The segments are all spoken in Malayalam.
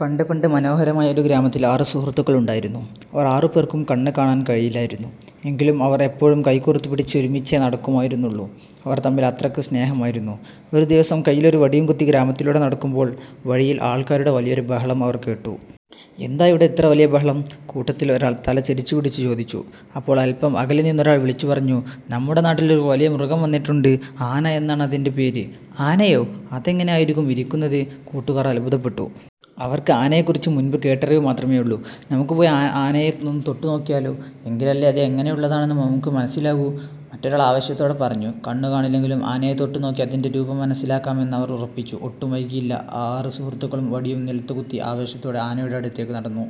പണ്ട് പണ്ട്, മനോഹരമായ ഒരു ഗ്രാമത്തിൽ ആറ് സുഹൃത്തുക്കൾ ഉണ്ടായിരുന്നു. അവർ ആറുപേർക്കും കണ്ണ് കാണാൻ കഴിയില്ലായിരുന്നു. എങ്കിലും അവർ എപ്പോഴും കൈകോർത്ത് പിടിച്ച് ഒരുമിച്ചേ നടക്കുമായിരുന്നുള്ളൂ. അവർ തമ്മിൽ അത്രയ്ക്ക് സ്നേഹമായിരുന്നു. ഒരു ദിവസം കയ്യിലൊരു വടിയും കുത്തി ഗ്രാമത്തിലൂടെ നടക്കുമ്പോൾ, വഴിയിൽ ആൾക്കാരുടെ വലിയൊരു ബഹളം അവർ കേട്ടു. "എന്താ ഇവിടെ ഇത്ര വലിയ ബഹളം? " കൂട്ടത്തിൽ ഒരാൾ തല ചരിച്ചു പിടിച്ച് ചോദിച്ചു. അപ്പോൾ അല്പം അകലെ നിന്നൊരാൾ വിളിച്ചു പറഞ്ഞു: "നമ്മുടെ നാട്ടിലൊരു വലിയ മൃഗം വന്നിട്ടുണ്ട്. ആന എന്നാണ് അതിന്റെ പേര്! " "ആനയോ? അതെങ്ങനെ ആയിരിക്കും ഇരിക്കുന്നത്? " കൂട്ടുകാർ അത്ഭുതപ്പെട്ടു. അവർക്ക് ആനയെക്കുറിച്ച് മുൻപ് കേട്ടറിവ് മാത്രമേയുള്ളൂ. "നമുക്ക് പോയി ആ ആനയെ ഒന്ന് തൊട്ടുനോക്കിയാലോ? എങ്കിലല്ലേ അത് എങ്ങനെയുള്ളതാണെന്ന് നമുക്ക് മനസ്സിലാകൂ! " മറ്റൊരാൾ ആവേശത്തോടെ പറഞ്ഞു. കണ്ണു കാണില്ലെങ്കിലും ആനയെ തൊട്ടുനോക്കി അതിന്റെ രൂപം മനസ്സിലാക്കാമെന്ന് അവർ ഉറപ്പിച്ചു. ഒട്ടും വൈകിയില്ല, ആ ആറ് സുഹൃത്തുക്കളും വടിയും നിലത്തുകുത്തി ആവേശത്തോടെ ആനയുടെ അടുത്തേക്ക് നടന്നു.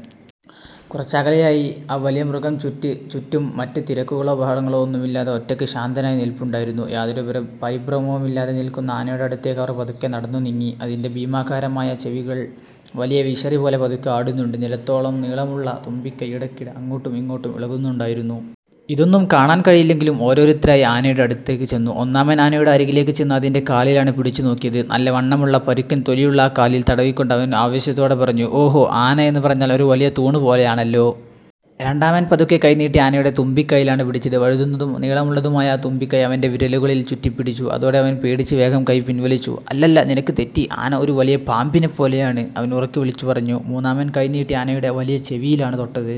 കുറച്ചകലെയായി ആ വലിയ മൃഗം ചുറ്റും മറ്റ് തിരക്കുകളോ ബഹളങ്ങളോ ഒന്നുമില്ലാതെ ഒറ്റയ്ക്ക് ശാന്തനായി നിൽപ്പുണ്ടായിരുന്നു. യാതൊരു പരിഭ്രമവുമില്ലാതെ നിൽക്കുന്ന ആനയുടെ അടുത്തേക്ക് അവർ പതുക്കെ നടന്നുനീങ്ങി. അതിന്റെ ഭീമാകാരമായ ചെവികൾ വലിയ വിശറിപോലെ പതുക്കെ ആടുന്നുണ്ട്. നിലത്തോളം നീളമുള്ള തുമ്പിക്കൈ ഇടയ്ക്കിടെ അങ്ങോട്ടും ഇങ്ങോട്ടും ഇളകുന്നുണ്ടായിരുന്നു. ഇതൊന്നും കാണാൻ കഴിയില്ലെങ്കിലും ഓരോരുത്തരായി ആനയുടെ അടുത്തേക്ക് ചെന്നു. ഒന്നാമൻ ആനയുടെ അരികിലേക്ക് ചെന്ന് അതിന്റെ കാലിലാണ് പിടിച്ചു നോക്കിയത്. നല്ല വണ്ണമുള്ള, പരുക്കൻ തൊലിയുള്ള ആ കാലിൽ തടവിക്കൊണ്ട് അവൻ ആവേശത്തോടെ പറഞ്ഞു: "ഓഹോ! ആന എന്ന് പറഞ്ഞാൽ ഒരു വലിയ തൂണ് പോലെയാണല്ലോ! " രണ്ടാമൻ പതുക്കെ കൈനീട്ടി ആനയുടെ തുമ്പിക്കൈയിലാണ് പിടിച്ചത്. വഴുതുന്നതും നീളമുള്ളതുമായ ആ തുമ്പിക്കൈ അവന്റെ വിരലുകളിൽ ചുറ്റിപ്പിടിച്ചു. അതോടെ അവൻ പേടിച്ച് വേഗം കൈ പിൻവലിച്ചു. "അല്ലല്ല, നിനക്ക് തെറ്റി! ആന ഒരു വലിയ പാമ്പിനെപ്പോലെയാണ്! " അവൻ ഉറക്കെ വിളിച്ചുപറഞ്ഞു. മൂന്നാമൻ കൈനീട്ടി ആനയുടെ വലിയ ചെവിയിലാണ് തൊട്ടത്.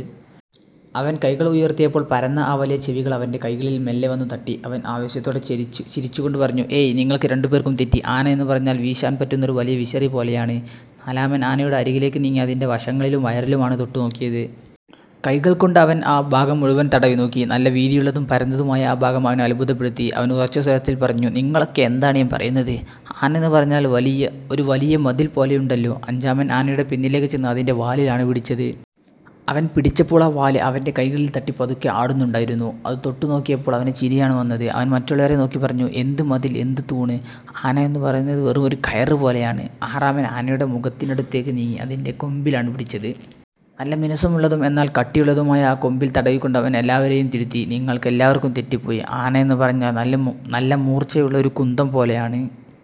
അവൻ കൈകൾ ഉയർത്തിയപ്പോൾ പരന്ന ആ വലിയ ചെവികൾ അവന്റെ കൈകളിൽ മെല്ലെ വന്നു തട്ടി. അവൻ ആവേശത്തോടെ ചിരിച്ചു കൊണ്ട് പറഞ്ഞു: "ഏയ്, നിങ്ങൾക്ക് രണ്ടുപേർക്കും തെറ്റി! ആന എന്ന് പറഞ്ഞാൽ വീശാൻ പറ്റുന്ന ഒരു വലിയ വിശറി പോലെയാണ്. " നാലാമൻ ആനയുടെ അരികിലേക്ക് നീങ്ങി അതിന്റെ വശങ്ങളിലും വയറിലുമാണ് തൊട്ടു നോക്കിയത്. കൈകൾ കൊണ്ട് അവൻ ആ ഭാഗം മുഴുവൻ തടവി നോക്കി. നല്ല വീതിയുള്ളതും പരന്നതുമായ ആ ഭാഗം അവനെ അത്ഭുതപ്പെടുത്തി. അവൻ ഉറച്ച സ്വരത്തിൽ പറഞ്ഞു, "നിങ്ങളൊക്കെ എന്താണ് ഈ പറയുന്നത്? ആന എന്ന് പറഞ്ഞാൽ ഒരു വലിയ മതിൽ പോലെയുണ്ടല്ലോ! " അഞ്ചാമൻ ആനയുടെ പിന്നിലേക്ക് ചെന്ന് അതിന്റെ വാലിലാണ് പിടിച്ചത്. അവൻ പിടിച്ചപ്പോൾ ആ വാല് അവന്റെ കൈകളിൽ തട്ടി പതുക്കെ ആടുന്നുണ്ടായിരുന്നു. അത് തൊട്ടുനോക്കിയപ്പോൾ അവന് ചിരിയാണ് വന്നത്. അവൻ മറ്റുള്ളവരെ നോക്കി പറഞ്ഞു, "എന്ത് മതിൽ? എന്ത് തൂണ്? ആന എന്ന് പറയുന്നത് വെറുമൊരു കയറ് പോലെയാണ്! " ആറാമൻ ആനയുടെ മുഖത്തിനടുത്തേക്ക് നീങ്ങി അതിന്റെ കൊമ്പിലാണ് പിടിച്ചത്. നല്ല മിനുസമുള്ളതും എന്നാൽ കട്ടിയുള്ളതുമായ ആ കൊമ്പിൽ തടവിക്കൊണ്ട് അവൻ എല്ലാവരെയും തിരുത്തി. "നിങ്ങൾക്കെല്ലാവർക്കും തെറ്റിപ്പോയി! ആന എന്ന് പറഞ്ഞാൽ നല്ല മൂർച്ചയുള്ള ഒരു കുന്തം പോലെയാണ്!